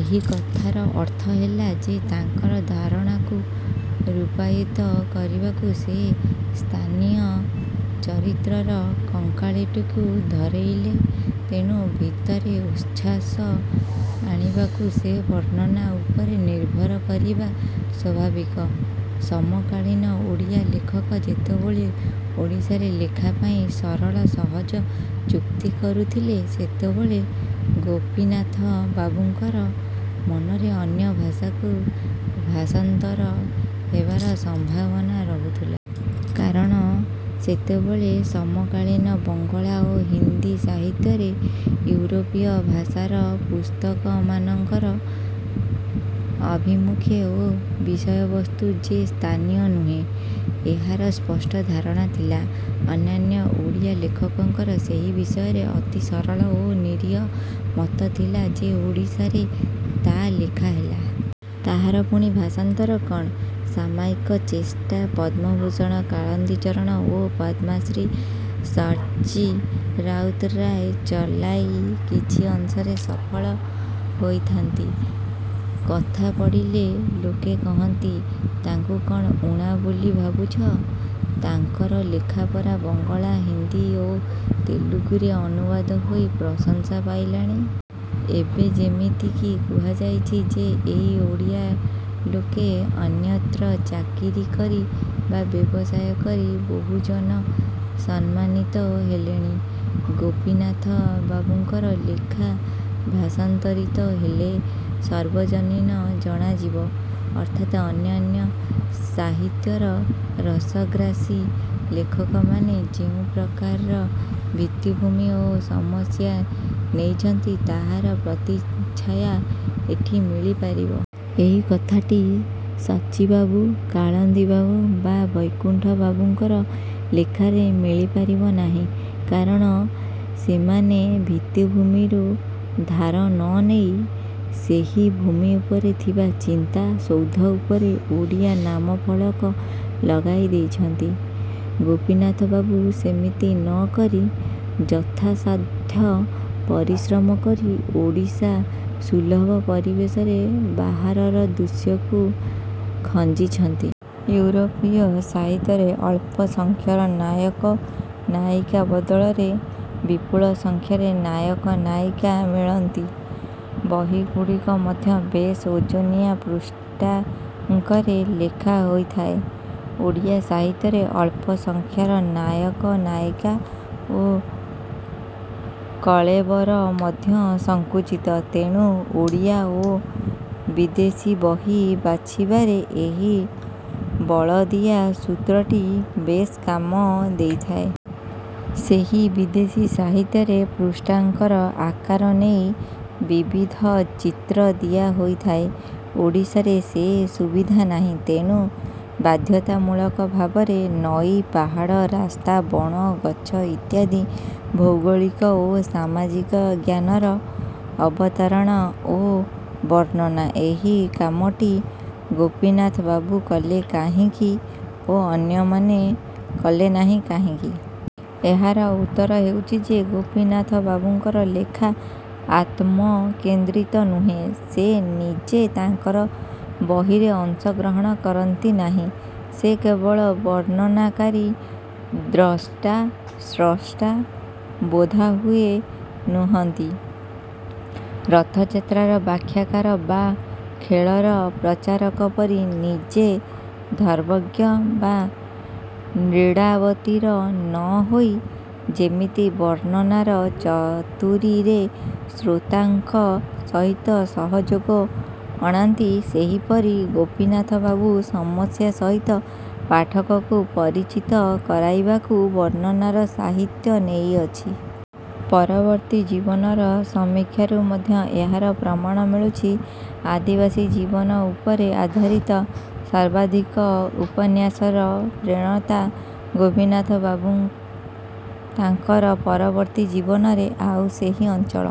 ଏହି କଥାର ଅର୍ଥ ହେଲା ଯେ ତାଙ୍କର ଧାରଣାକୁ ରୂପାୟିତ କରିବାକୁ ସେ ସ୍ଥାନୀୟ ଚରିତ୍ରର କଙ୍କାଳଟିକୁ ଧଇଲେ। ତେଣୁ ଭିତରେ ଉଚ୍ଛ୍ୱାସ ଆଣିବାକୁ ସେ ବର୍ଣ୍ଣନା ଉପରେ ନିର୍ଭର କରିବା ସ୍ୱାଭାବିକ। ସମକାଳୀନ ଓଡ଼ିଆ ଲେଖକ ଯେତେବେଳେ ଓଡ଼ିଆରେ ଲେଖା ପାଇଁ ସରଳ ସହଜ ଚୁକ୍ତି କରୁଥିଲେ ସେତେବେଳେ ଗୋପୀନାଥ ବାବୁଙ୍କର ମନରେ ଅନ୍ୟ ଭାଷାକୁ ଭାଷାନ୍ତର ହେବାର ସମ୍ଭାବନା ରହୁଥିଲା। କାରଣ ସେତେବେଳେ ସମକାଳୀନ ବଙ୍ଗଳା ଓ ହିନ୍ଦୀ ସାହିତ୍ୟରେ ୟୁରୋପୀୟ ଭାଷାର ପୁସ୍ତକମାନଙ୍କର ଆଭିମୁଖ୍ୟ ଓ ବିଷୟବସ୍ତୁ ଯେ ସ୍ଥାନୀୟ ନୁହେଁ-ଏହାର ସ୍ପଷ୍ଟ ଧାରଣା ଥିଲା। ଅନ୍ୟାନ୍ୟ ଓଡ଼ିଆ ଲେଖକଙ୍କର ସେହି ବିଷୟରେ ଅତି ସରଳ ଓ ନିରିହ ମତ ଥିଲା ଯେ ଓଡ଼ିଆରେ ତ ଲେଖି ହେଲା। ତାହାର ପୁଣି ଭାଷାନ୍ତର କ'ଣ? ସାମୟିକ ଚେଷ୍ଟା ପଦ୍ମଭୂଷଣ କାଳିନ୍ଦୀ ଚରଣ ଓ ପଦ୍ମଶ୍ରୀ ସଚ୍ଚି ରାଉତରାୟ ଚଳାଇ କିଛି ଅଂଶରେ ସଫଳ ହେଇଥାନ୍ତି। କଥା ପଡ଼ିଲେ ଲୋକେ କହନ୍ତି-ତାଙ୍କୁ କ'ଣ ଊଣା ବୋଲି ଭାବୁଛ? ତାଙ୍କର ଲେଖା ପରା ବଙ୍ଗଳା, ହିନ୍ଦୀ ଓ ତେଲୁଗୁରେ ଅନୁବାଦ ହେଇ ପ୍ରଶଂସା ପାଇଲାଣି। ଏବେ ଯେମିତି କୁହାଯାଉଛି ଯେ ଏଇ ଓଡ଼ିଆ ଲୋକେ ଅନ୍ୟତ୍ର ଚାକିରି କରି ବା ବ୍ୟବସାୟ କରି ବହୁଜନ ସମ୍ମାନିତ ହେଲେଣି। ଗୋପୀନାଥ ବାବୁଙ୍କର ଲେଖା ଭାଷାନ୍ତରିତ ହେଲେ ସାର୍ବଜନୀନ ଜଣାଯିବ। ଅର୍ଥାତ୍ ଅନ୍ୟାନ୍ୟ ସାହିତ୍ୟର ରସଗ୍ରାସୀ ଲେଖକମାନେ ଯେଉଁ ପ୍ରକାରର ଭିତ୍ତିଭୂମି ଓ ସମସ୍ୟା ନେଇଛନ୍ତି ତାହାର ପ୍ରତିଚ୍ଛାୟା ଏଠି ମିଳି ପାରିବ। ଏଇ କଥାଟି ସଚ୍ଚିବାବୁ, କାଳିନ୍ଦୀବାବୁ ବା ବୈକୁଣ୍ଠବାବୁଙ୍କର ଲେଖାରେ ମିଳିପାରିବ ନାହିଁ। କାରଣ ସେମାନେ ଭିତ୍ତିଭୂମିରୁ ଧାର ନ ନେଇ ସେହି ଭୂମି ଉପରେ ଥିବା ଚିନ୍ତା-ସୌଧ ଉପରେ ଓଡ଼ିଆ ନାମଫଳକ ଲଗାଇ ଦେଇଛନ୍ତି। ଗୋପୀନାଥବାବୁ ସେମିତି ନ କରି ଯଥାସାଧ୍ୟ ପରିଶ୍ରମ କରି ଓଡ଼ିଶା-ସୁଲଭ ପରିବେଶରେ ବାହାରର ଦୃଶ୍ୟକୁ ଖଞ୍ଜିଛନ୍ତି। ୟୁରୋପୀୟ ସାହିତ୍ୟରେ ଅଳ୍ପ ସଂଖ୍ୟାର ନାୟକ ନାୟିକା ବଦଳରେ ବିପୁଳ ସଂଖ୍ୟାରେ ନାୟକ ନାୟିକା। ମିଳନ୍ତି। ବହିଗୁଡ଼ିକ ମଧ୍ୟ ବେଶ୍ ଓଜନିଆ ପୃଷ୍ଠାଙ୍କରେ ଲେଖା ହୋଇଥାଏ। ଓଡ଼ିଆ ସାହିତ୍ୟରେ ଅଳ୍ପ ସଂଖ୍ୟାର ନାୟକ ନାୟିକା ଓ କଳେବର ମଧ୍ୟ ସଙ୍କୁଚିତ। ତେଣୁ ଓଡ଼ିଆ ଓ ବିଦେଶୀ ବହି ବାଛିବାରେ ଏହି ବଳଦିଆ ସୂତ୍ରଟି ବେଶ୍ କାମ ଦେଇଥାଏ। ସେହି ବିଦେଶୀ ସାହିତ୍ୟରେ ପୃଷ୍ଠାଙ୍କର ଆକାର ନେଇ ବିବିଧ ଚିତ୍ର ଦିଆ ହୋଇଥାଏ। ଓଡ଼ିଶାରେ ସେ ସୁବିଧା ନାହିଁ। ତେଣୁ ବାଧ୍ୟତା ମୂଳକ ଭାବରେ ନଈ, ପାହାଡ଼, ରାସ୍ତା, ବଣ, ଗଛ ଇତ୍ୟାଦି ଭୌଗୋଳିକ ଓ ସାମାଜିକ ଜ୍ଞାନର ଅବତାରଣା ଓ ବର୍ଣ୍ଣନା। ଏହି କାମଟି ଗୋପୀନାଥ ବାବୁ କଲେ କାହିଁକି ଓ ଅନ୍ୟମାନେ କଲେ ନାହିଁ କାହିଁକି? ଏହାର ଉତ୍ତର ହେଉଛି ଯେ ଗୋପୀନାଥ ବାବୁଙ୍କର ଲେଖା ଆତ୍ମ-କେନ୍ଦ୍ରିତ ନୁହେଁ। ସେ ନିଜେ ତାଙ୍କର ବହିରେ ଅଂଶ ଗ୍ରହଣ କରନ୍ତି ନାହିଁ। ସେ କେବଳ ବର୍ଣ୍ଣନାକାରୀ ଦ୍ରଷ୍ଟା-ସ୍ରଷ୍ଟା ବୋଧହୁଏ ନୁହନ୍ତି। ରଥଯାତ୍ରାର ବ୍ୟାଖ୍ୟାକାର ବା ଖେଳର ପ୍ରଚାରକ ପରି ନିଜେ ଧର୍ମଜ୍ଞ ବା ନ୍ତ୍ରୀଡ଼ାବୀତ ନ ହୋଇ ଯେମିତି ବର୍ଣ୍ଣନାର ଚାତୁରୀରେ ଶ୍ରୋତାଙ୍କ ସହିତ ସହଯୋଗ ଅଣାନ୍ତି ସେହିପରି ଗୋପୀନାଥ ବାବୁ ସମସ୍ୟା ସହିତ ପାଠକକୁ ପରିଚିତ କରାଇବାକୁ ବର୍ଣ୍ଣନାର ସାହାଯ୍ୟ ନେଇଛନ୍ତି। ପରିବର୍ତ୍ତୀ ଜୀବନର ସମୀକ୍ଷାରୁ ମଧ୍ୟ ଏହାର ପ୍ରମାଣ ମିଳୁଛି। ଆଦିବାସୀ ଜୀବନ ଉପରେ ଆଧାରିତ ସର୍ବାଧିକ ଉପନ୍ୟାସର ପ୍ରଣେତା ଗୋପୀନାଥବାବୁ ତାଙ୍କର ପରବର୍ତ୍ତୀ ଜୀବନରେ ଆଉ ସେହି ଅଞ୍ଚଳ